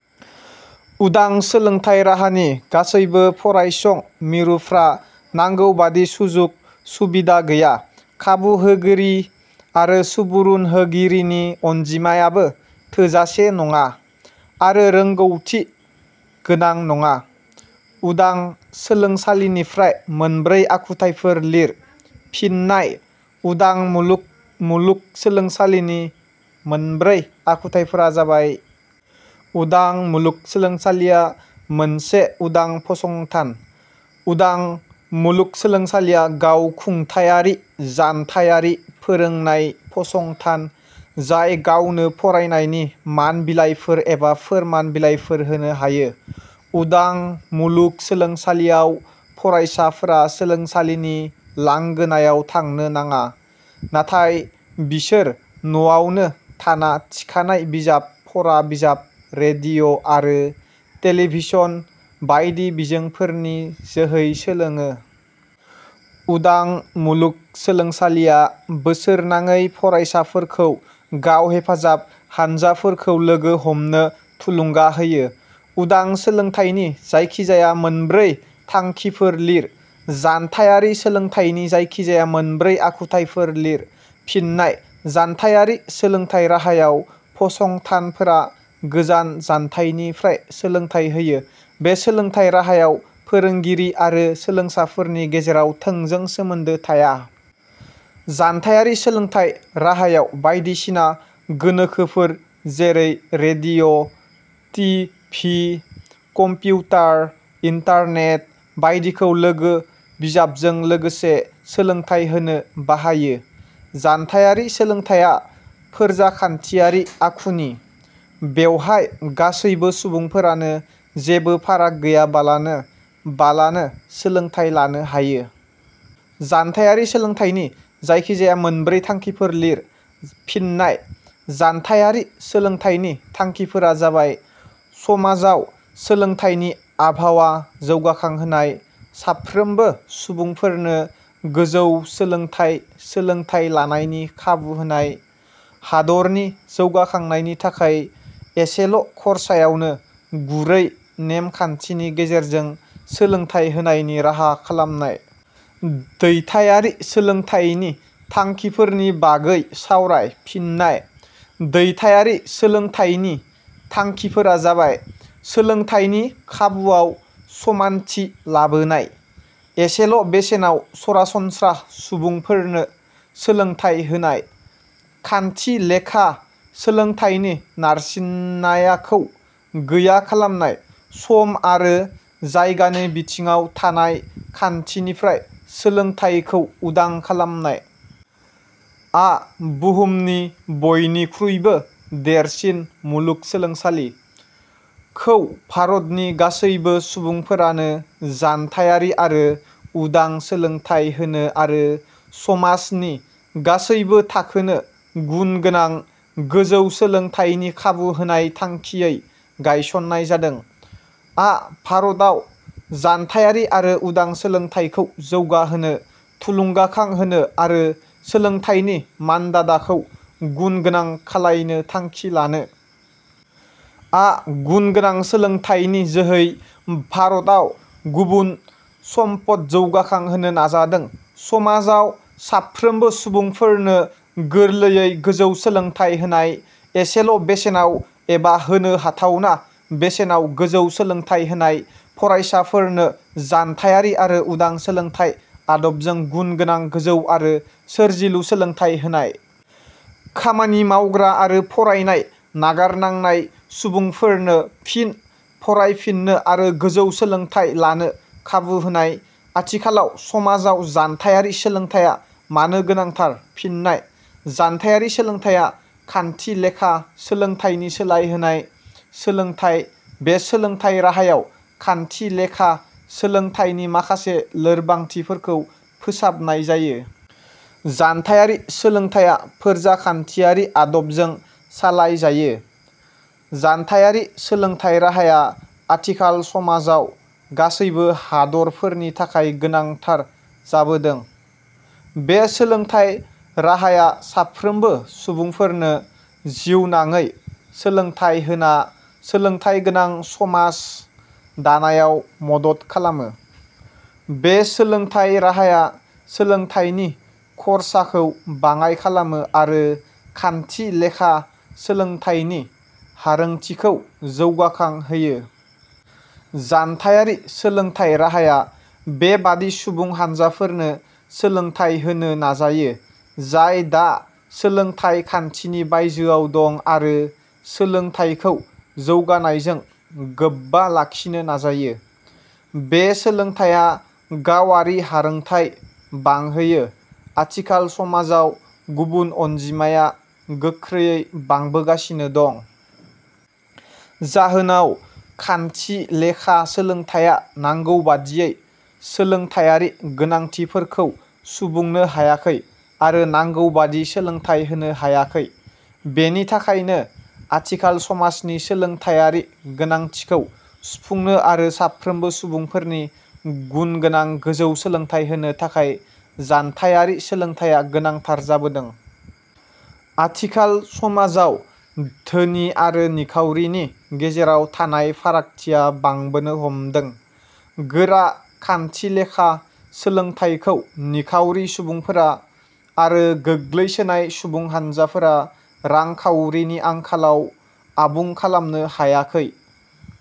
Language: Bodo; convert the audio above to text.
उदां सोलोंथाइ राहानि गासैबो फरायसं मिरुफ्रा नांगौ बादि सुजुग सुबिदा गैया। खाबु होगिरि आरो सुबुरुन होगिरिनि अनजिमायाबो थोजासे नङा आरो रोंगौथि गोनां नङा।।. उदां सोलोंसालिनिफ्राय मोनब्रै आखुथाइफोर लिर। फिन्नाय: उदां मुलुग मुलुगसोलोंसालिनि मोनब्रै आखुथाइफोरा जाबाय:. उदां मुलुगसोलोंसालिया मोनसे उदां फसंथान. उदां मुलुगसोलोंसालिया गाव खुंथाइयारि जानथाइयारि फोरोंनाय फसंथान, जाय गावनो फरायनायनि मान बिलाइफोर एबा फोरमान बिलाइफोर होनो हायो।. उदां मुलुग सोलोंसालियाव फरायसाफोरा सोलोंसालिनि लांगोनायाव थांनो नाङा, नाथाय बिसोर न 'आवनो थाना थिखानाय बिजाब, फरा बिजाब, रेडिअ ' आरो टेलिभिसन बायदि बिजोंफोरनि जोहै सोलोङो।. उदां मुलुगसोलोंसालिया बोसोरनांयै फरायसाफोरखौ गाव हेफाजाब हानजाफोरखौ लोगो हमनो थुलुंगा होयो।. उदां सोलोंथाइनि जायखिजाया मोनब्रै थांखिफोर लिर।. जानथायारि सोलोंथाइनि जायखिजाया मोनब्रै आखुथाइफोर लिर। फिन्नाय: जानथायारि सोलोंथाइ राहायाव फसंथानफोरा गोजान जानथाइनिफ्राय सोलोंथाइ होयो। बे सोलोंथाइ राहायाव फोरोंगिरि आरो सोलोंसाफोरनि गेजेराव थोंजों सोमोन्दो थाया। जानथायारि सोलोंथाइ राहायाव बायदिसिना गोनोखोफोर जेरै – radio, T. V., computer, internet बायदिखौ लोगो बिजाबजों लोगोसे सोलोंथाइ होनो बाहायो। जानथाइयारि सोलोंथाइया फोरजाखान्थियारि आखुनि। बेवहाय गासैबो सुबुंफोरानो जेबो फाराग गैया बालानो बालानो सोलोंथाइ लानो हायो।. जानथाइयारि सोलोंथाइनि जायखिजाया मोनब्रै थांखिफोर लिर। फिन्नाय:जानथाइयारि सोलोंथाइनि थांखिफोरा जाबाय: समाजाव सोलोंथाइनि आबहावा जौगाखांहोनाय। साफ्रोमबो सुबुंफोरनो गोजौ सोलोंथाइ सोलोंथाइ लानायनि खाबु होनाय। हादरनि जौगाखांनायनि थाखाय एसेल ' खरसायावनो गुरै नेम खान्थिनि गेजेरजों सोलोंथाइ होनायनि राहा खालामनाय।. दैथाइयारि सोलोंथाइनि थांखिफोरनि बागै सावराय। फिन्नाय: दैथाइयारि सोलोंथाइनि थांखिफोरा जाबाय: सोलोंथाइनि खाबुवाव समानथि लाबोनाय। एसेल ' बेसेनाव सरासनस्रा सुबुंफोरनो सोलोंथाइ होनाय। खान्थिलेखा सोलोंथाइनि नारसिननायाखौ गैया खालामनाय। सम आरो जायगानि बिथिङाव थानाय खान्थिनिफ्राय सोलोंथाइखौ उदां खालामनाय। आ बुहुमनि बयनिख्रुइबो देरसिन मुलुगसोलोंसालि। खौ भारतनि गासैबो सुबुंफोरानो जानथाइयारि आरो उदां सोलोंथाइ होनो आरो समाजनि गासैबो थाखोनो गुन गोनां गोजौ सोलोंथाइनि खाबु होनाय थांखियै गायसननाय जादों। आ भारताव जानथाइयारि आरो उदां सोलोंथाइखौ जौगाहोनो, थुलुंगाखां होनो, आरो सोलोंथाइनि मानदान्दाखौ गुन गोनां खालायनो थांखि लानो। आ गुन गोनां सोलोंथाइनि जोहै भारताव सुबुं सम्पद जौगाखां होनो नाजादों। समाजाव साफ्रोमबो सुबुंफोरनो गोरलैयै गोजौ सोलोंथाइ होनाय। एसेल ' बेसेनाव एबा होनो हाथावना बेसेनाव गोजौ सोलोंथाइ होनाय। फरायसाफोरनो जानथाइयारि आरो उदां सोलोंथाइ आदबजों गुन गोनां गोजौ आरो सोरजिलु सोलोंथाइ होनाय। खामानि मावग्रा आरो फरायनाय नागारनांनाय सुबुंफोरनो फिन फरायफिननो आरो गोजौ सोलोंथाइ लानो खाबु होनाय।. आथिखालाव समाजाव जानथाइयारि सोलोंथाइया मानो गोनांथार? फिन्नाय: जानथाइयारि सोलोंथाइया खान्थिलेखा सोलोंथाइनि सोलाय होनाय सोलोंथाइ। बे सोलोंथाइ राहायाव खान्थिलेखा सोलोंथाइनि माखासे लोरबांथिफोरखौ फोसाबनाय जायो। जानथाइयारि सोलोंथाइया फोरजाखान्थियारि आदबजों सालाय जायो। जानथाइयारि सोलोंथाइ राहाया आथिखाल समाजाव गासैबो हादरफोरनि थाखाय गोनांथार जाबोदों। बे सोलोंथाइ राहाया साफ्रोमबो सुबुंफोरनो जिउनाङै सोलोंथाइ होना सोलोंथाइ गोनां समास दानायाव मदद खालामो। बे सोलोंथाइ राहाया सोलोंथाइनि खरसाखौ बाङाय खालामो आरो खान्थिलेखा सोलोंथाइनि हारोंथिखौ जौगाखां होयो। जानथाइयारि सोलोंथाइ राहाया बे बादि सुबुं हानजाफोरनो सोलोंथाइ होनो नाजायो जाय दा सोलोंथाइ खान्थिनि बायजोआव दं आरो सोलोंथाइखौ जौगानायजों गोबबा लाखिनो नाजायो। बे सोलोंथाइया गावआरि हारोंथाइ बांहोयो। आथिखाल समाजाव गुबुन अनजिमाया गोख्रैयै बांबोगासिनो दं। जाहोनाव खान्थिलेखा सोलोंथाइया नांगौबादियै सोलोंथाइयारि गोनांथिफोरखौ सुबुंनो हायाखै आरो नांगौ बादि सोलोंथाइ होनो हायाखै। बेनि थाखायनो आथिखाल समाजनि सोलोंथाइयारि गोनांथिखौ सुफुंनो आरो साफ्रोमबो सुबुंफोरनि गुनगोनां गोजौ सोलोंथाइ होनो थाखाय जानथाइयारि सोलोंथाइया गोनांथार जोबोदों। आथिखाल समाजाव धोनि आरो निखाउरिनि गेजेराव थानाय फारागथिया बांबोनो हमदों। गोरा खान्थिलेखा सोलोंथाइखौ निखाउरि सुबुंफोरा आरो गोग्लैसोनाय सुबुंहान्जाफोरा रांखाउरिनि आंखालाव आबुं खालामनो हायाखै।